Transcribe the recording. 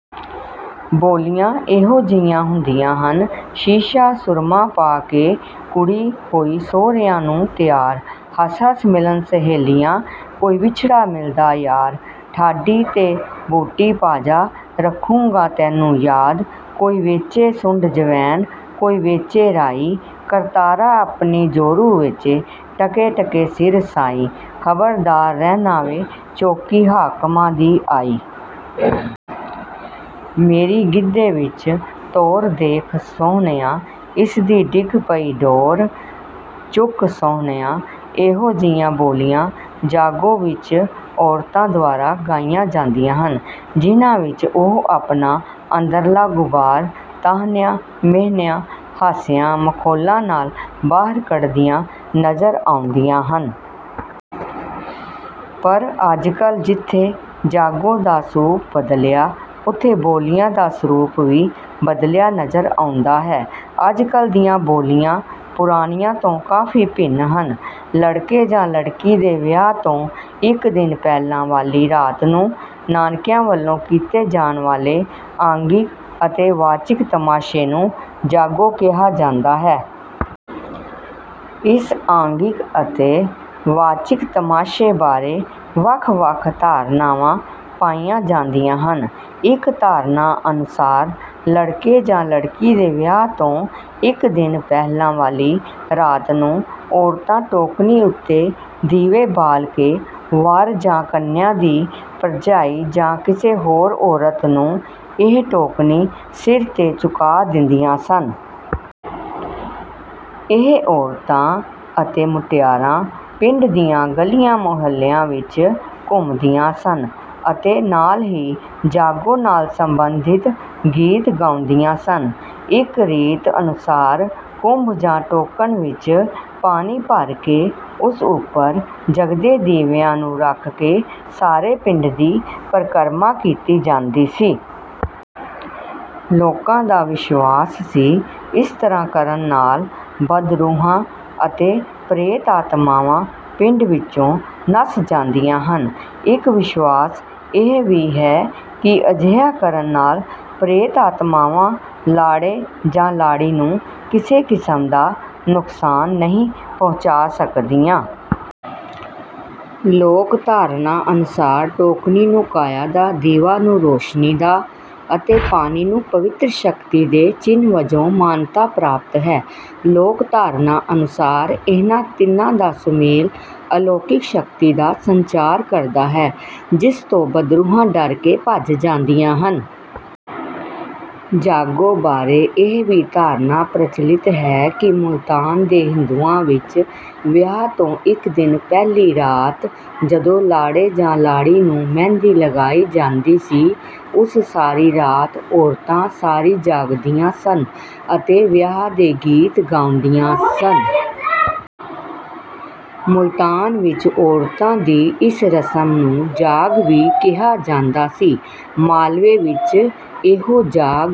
ਬੋਲੀਆਂ ਇਹੋ ਜਿਹੀਆਂ ਹੁੰਦੀਆਂ ਹਨ: ਸ਼ੀਸ਼ਾ ਸੁਰਮਾ ਪਾ ਕੇ ਕੁੜੀ ਹੋਈ ਸਹੁਰਿਆਂ ਨੂੰ ਤਿਆਰ, ਹੱਸ-ਹੱਸ ਮਿਲਣ ਸਹੇਲੀਆਂ, ਕੋਈ ਵਿਛੜਾ ਮਿਲਦਾ ਯਾਰ, ਠਾਡੀ ਤੇ ਬੂਟੀ ਪਾ ਜਾ, ਰੱਖੂੰਗਾ ਤੈਨੂੰ ਯਾਦ। ਕੋਈ ਵੇਚੇ ਸੁੰਢ ਜਵੈਣ, ਕੋਈ ਵੇਚੇ ਰਾਈ, ਕਰਤਾਰਾ ਆਪਣੀ ਜੋਰੂ ਵੇਚੇ, ਟਕੇ-ਟਕੇ ਸਿਰ ਸਾਈ, ਖ਼ਬਰਦਾਰ ਰਹਿਣਾ ਵੇ, ਚੌਂਕੀ ਹਾਕਮਾਂ ਦੀ ਆਈ। ਮੇਰੀ ਗਿੱਧੇ ਵਿੱਚ ਤੋਰ ਦੇਖ ਸੁਹਣਿਆ, ਇਸ ਦੀ ਡਿੱਗ ਪਈ ਡੋਰ, ਚੁੱਕ ਸਹੁਣਿਆ। ਇਹੋ ਜਿਹੀਆਂ ਬੋਲੀਆਂ ਜਾਗੋ ਵਿੱਚ ਔਰਤਾਂ ਦੁਆਰਾ ਗਾਈਆਂ ਜਾਂਦੀਆਂ ਹਨ, ਜਿਹਨਾਂ ਵਿੱਚ ਉਹ ਆਪਣਾ ਅੰਦਰਲਾ ਗ਼ੁਬਾਰ, ਤਾਹਨਿਆਂ, ਮਿਹਣਿਆਂ, ਹਾਸਿਆਂ, ਮਖੌਲਾਂ ਨਾਲ ਬਾਹਰ ਕੱਢਦੀਆਂ ਨਜ਼ਰ ਆਉਂਦੀਆਂ ਹਨ। ਪਰ ਅੱਜ-ਕੱਲ੍ਹ ਜਿੱਥੇ ਜਾਗੋ ਦਾ ਸਰੂਪ ਬਦਲਿਆ, ਉੱਥੇ ਬੋਲੀਆਂ ਦਾ ਸਰੂਪ ਵੀ ਬਦਲਿਆ ਨਜ਼ਰ ਆਉਂਦਾ ਹੈ। ਅੱਜ-ਕੱਲ੍ਹ ਦੀਆਂ ਬੋਲੀਆਂ ਪੁਰਾਣੀਆਂ ਤੋਂ ਕਾਫ਼ੀ ਭਿੰਨ ਹਨ। ਲੜਕੇ ਜਾਂ ਲੜਕੀ ਦੇ ਵਿਆਹ ਤੋਂ ਇੱਕ ਦਿਨ ਪਹਿਲਾਂ ਵਾਲੀ ਰਾਤ ਨੂੰ ਨਾਨਕਿਆਂ ਵੱਲੋਂ ਕੀਤੇ ਜਾਣ ਵਾਲੇ ਆਂਗਿਕ ਅਤੇ ਵਾਚਿਕ ਤਮਾਸ਼ੇ ਨੂੰ ਜਾਗੋ ਕਿਹਾ ਜਾਂਦਾ ਹੈ। ਇਸ ਆਂਗਿਕ ਅਤੇ ਵਾਚਿਕ ਤਮਾਸ਼ੇ ਬਾਰੇ ਵੱਖ-ਵੱਖ ਧਾਰਨਾਵਾਂ ਪਾਈਆਂ ਜਾਂਦੀਆਂ ਹਨ। ਇੱਕ ਧਾਰਨਾ ਅਨੁਸਾਰ ਲੜਕੇ ਜਾਂ ਲੜਕੀ ਦੇ ਵਿਆਹ ਤੋਂ ਇੱਕ ਦਿਨ ਪਹਿਲਾਂ ਵਾਲੀ ਰਾਤ ਨੂੰ ਔਰਤਾਂ ਟੋਕਣੀ ਉੱਤੇ ਦੀਵੇ ਬਾਲ ਕੇ ਵਰ ਜਾਂ ਕੰਨਿਆ ਦੀ ਭਰਜਾਈ ਜਾਂ ਕਿਸੇ ਹੋਰ ਔਰਤ ਨੂੰ ਇਹ ਟੋਕਣੀ ਸਿਰ ਤੇ ਚੁਕਾ ਦਿੰਦੀਆਂ ਸਨ। ਇਹ ਔਰਤਾਂ ਅਤੇ ਮੁਟਿਆਰਾਂ ਪਿੰਡ ਦੀਆਂ ਗਲੀਆਂ ਮੁਹੱਲਿਆਂ ਵਿੱਚ ਘੁੰਮਦੀਆਂ ਸਨ ਅਤੇ ਨਾਲ ਹੀ ਜਾਗੋ ਨਾਲ ਸੰਬੰਧਿਤ ਗੀਤ ਗਾਉਂਦੀਆਂ ਸਨ। ਇੱਕ ਰੀਤ ਅਨੁਸਾਰ ਕੁੰਭ ਜਾਂ ਟੋਕਣ ਵਿੱਚ ਪਾਣੀ ਭਰ ਕੇ ਉਸ ਉੱਪਰ ਜਗਦੇ ਦੀਵਿਆਂ ਨੂੰ ਰੱਖ ਕੇ ਸਾਰੇ ਪਿੰਡ ਦੀ ਪਰਕਰਮਾ ਕੀਤੀ ਜਾਂਦੀ ਸੀ। ਲੋਕਾਂ ਦਾ ਵਿਸ਼ਵਾਸ ਸੀ ਇਸ ਤਰ੍ਹਾਂ ਕਰਨ ਨਾਲ ਬਦਰੂਹਾਂ ਅਤੇ ਪ੍ਰੇਤ ਆਤਮਾਵਾਂ ਪਿੰਡ ਵਿੱਚੋਂ ਨੱਸ ਜਾਂਦੀਆਂ ਹਨ। ਇੱਕ ਵਿਸ਼ਵਾਸ ਇਹ ਵੀ ਹੈ ਕਿ ਅਜਿਹਾ ਕਰਨ ਨਾਲ ਪ੍ਰੇਤ ਆਤਮਾਵਾਂ ਲਾੜੇ ਜਾਂ ਲਾੜੀ ਨੂੰ ਕਿਸੇ ਕਿਸਮ ਦਾ ਨੁਕਸਾਨ ਨਹੀਂ ਪਹੁੰਚਾ ਸਕਦੀਆਂ। ਲੋਕ ਧਾਰਨਾ ਅਨੁਸਾਰ ਟੋਕਣੀ ਨੂੰ ਕਾਇਆ ਦਾ, ਦੀਵਾ ਨੂੰ ਰੌਸ਼ਨੀ ਦਾ ਅਤੇ ਪਾਣੀ ਨੂੰ ਪਵਿੱਤਰ ਸ਼ਕਤੀ ਦੇ ਚਿੰਨ੍ਹ ਵਜੋਂ ਮਾਨਤਾ ਪ੍ਰਾਪਤ ਹੈ। ਲੋਕ ਧਾਰਨਾ ਅਨੁਸਾਰ ਇਹਨਾਂ ਤਿੰਨਾਂ ਦਾ ਸੁਮੇਲ ਅਲੌਕਿਕ ਸ਼ਕਤੀ ਦਾ ਸੰਚਾਰ ਕਰਦਾ ਹੈ, ਜਿਸ ਤੋਂ ਬਦਰੂਹਾਂ ਡਰ ਕੇ ਭੱਜ ਜਾਂਦੀਆਂ ਹਨ। ਜਾਗੋ ਬਾਰੇ ਇਹ ਵੀ ਧਾਰਨਾ ਪ੍ਰਚੱਲਿਤ ਹੈ ਕਿ ਮੁਲਤਾਨ ਦੇ ਹਿੰਦੂਆਂ ਵਿੱਚ ਵਿਆਹ ਤੋਂ ਇੱਕ ਦਿਨ ਪਹਿਲੀ ਰਾਤ ਜਦੋਂ ਲਾੜੇ ਜਾਂ ਲਾੜੀ ਨੂੰ ਮਹਿੰਦੀ ਲਗਾਈ ਜਾਂਦੀ ਸੀ, ਉਸ ਸਾਰੀ ਰਾਤ ਔਰਤਾਂ ਸਾਰੀ ਜਾਗਦੀਆਂ ਸਨ ਅਤੇ ਵਿਆਹ ਦੇ ਗੀਤ ਗਾਉਂਦੀਆਂ ਸਨ। ਮੁਲਤਾਨ ਵਿੱਚ ਔਰਤਾਂ ਦੀ ਇਸ ਰਸਮ ਨੂੰ 'ਜਾਗ' ਵੀ ਕਿਹਾ ਜਾਂਦਾ ਸੀ। ਮਾਲਵੇ ਵਿੱਚ ਇਹੋ ਜਾਗ